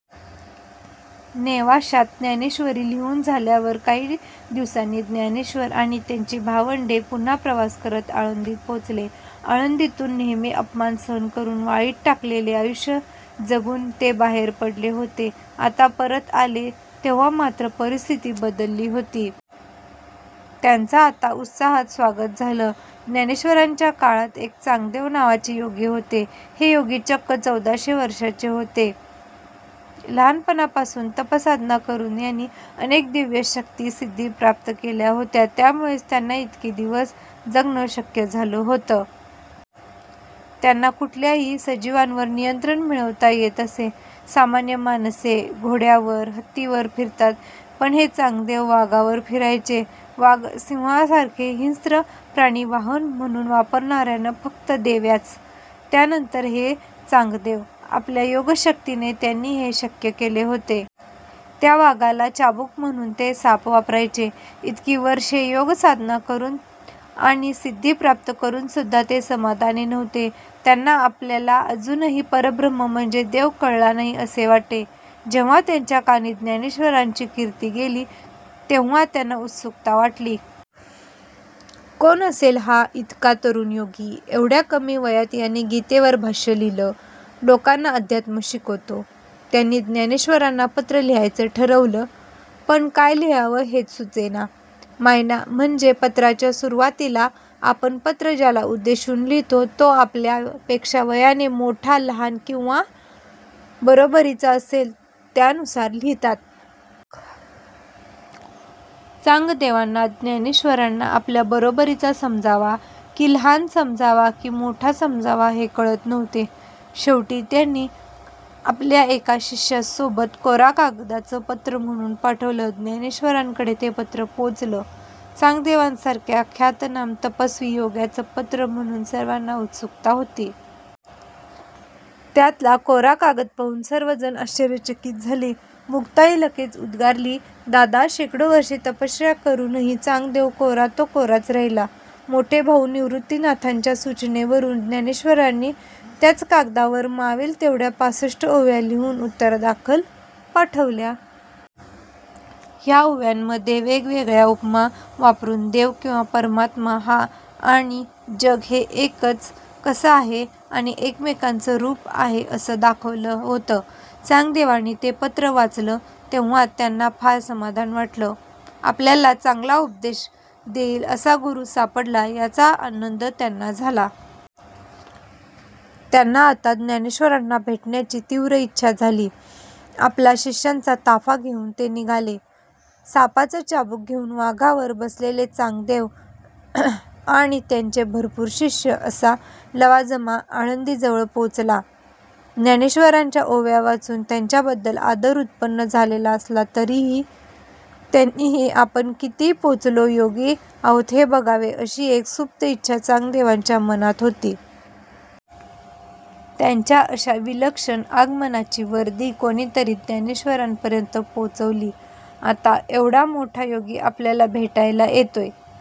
नेवाश्यात ज्ञानेश्वरी लिहुन झाल्यावर काही दिवसांनी ज्ञानेश्वर आणि त्यांची भावंडे पुन्हा प्रवास करत आळंदीत पोहोचले. आळंदीतुन नेहमी अपमान सहन करून, वाळीत टाकलेले आयुष्य जगून ते बाहेर पडले होते. आता परत आले तेव्हा मात्र परिस्थिती बदलली होती. त्यांचं आता उत्साहात स्वागत झालं. ज्ञानेश्वरांच्या काळात एक चांगदेव नावाचे योगी होते. हे योगी चक्क चौदाशे वर्षांचे होते. लहानपणापासुन तपसाधना करून त्यांनी अनेक दिव्य शक्ती, सिद्धी प्राप्त केल्या होत्या. त्यामुळेच त्यांना इतके दिवस जगणं शक्य झालं होतं. त्यांना कुठल्याही सजीवांवर नियंत्रण मिळवता येत असे. सामान्य माणसे घोड्यावर, हत्तीवर फिरतात. पण हे चांगदेव वाघावर फिरायचे. वाघ सिंहासारखे हिंस्त्र प्राणी वाहन म्हणून वापरणाऱ्या फक्त देव्याच. त्यानंतर हे चांगदेव. आपल्या योगशक्तीने त्यांनी हे शक्य केले होते. त्या वाघाला चाबुक म्हणुन ते साप वापरायचे. इतकी वर्षे योगसाधना करून आणि सिद्धी प्राप्त करूनसुद्धा ते समाधानी नव्हते. त्यांना आपल्याला अजुनही परब्रह्म म्हणजे देव कळला नाही असे वाटे. जेव्हा त्यांच्या कानी ज्ञानेश्वरांची कीर्ती गेली तेव्हा त्यांना उत्सुकता वाटली. कोण असेल हा इतका तरुण योगी? एवढ्या कमी वयात याने गीतेवर भाष्य लिहिलं, लोकांना अध्यात्म शिकवतो. त्यांनी ज्ञानेश्वरांना पत्र लिहायचं ठरवलं. पण काय लिहावं हेच सुचेना. मायना म्हणजे पत्राच्या सुरुवातीला आपण पत्र ज्याला उद्देशुन लिहितो तो आपल्या पॆक्षा वयाने मानाने लहान मोठा किंवा बरोबरीचा असेल त्यानुसार लिहितात. चांगदेवांना ज्ञानेश्वरांना आपल्या बरोबरीचा समजावा कि लहान समजावा कि मोठा समजावा हे कळत नव्हते. शेवटी त्यांनी आपल्या एका शिष्यासोबत कोरा कागदच पत्र म्हणुन पाठवला. ज्ञानेश्वरांकडे ते पत्र पोहोचलं. चांगदेवांसारख्या ख्यातनाम तपस्वी योग्याचे पत्र म्हणुन सर्वांना उत्सुकता होती. त्यातला कोरा कागद पाहुन सर्वजण आश्चर्यचकित झाले. मुक्ताई लगेच उद्गारली दादा शेकडो वर्षे तपस्या करूनही चांगदेव कोरा तो कोराच राहिला. मोठे भाऊ निवृत्तीनाथांच्या सुचनेवरून ज्ञानेश्वरांनी त्याच कागदावर मावल्या तेवढ्या पासष्ट ओव्या लिहुन उत्तरादाखल पाठवल्या. ह्या ओव्यांमध्ये वेगवेगळ्या उपमा वापरून देव किंवा परमात्मा हा आणि जग हे कसं एकच आहे आणि एकमेकांचं रूप आहे असं दाखवलं होतं. चांगदेवांनी ते पत्र वाचलं तेव्हा त्यांना फार समाधान वाटलं. आपल्याला चांगला उपदेश देईल असा गुरु सापडला याचा आनंद त्यांना झाला. त्यांना आता ज्ञानेश्वरांना भेटण्याची तीव्र इच्छा झाली. आपला शिष्यांचा ताफा घेऊन ते निघाले. सापाचा चाबुक घेऊन वाघावर बसलेले चांगदेव आणि त्यांचे भरपूर शिष्य असा लवाजमा आळंदी जवळ पोहोचला. ज्ञानेश्वरांच्या ओव्या वाचुन त्यांच्याबद्दल आदर उत्पन्न झालेला असला तरी त्यांनीही आपण किती पोहोचलेले योगी आहोत हे बघावे अशी एक सुप्त इच्छा चांगदेवांच्या मनात होती. त्यांच्या अशा विलक्षण आगमनाची वर्दी कोणीतरी ज्ञानेश्वरांपर्यंत पोहोचली. आता एवढा मोठा योगी आपल्याला भेटायला येतोय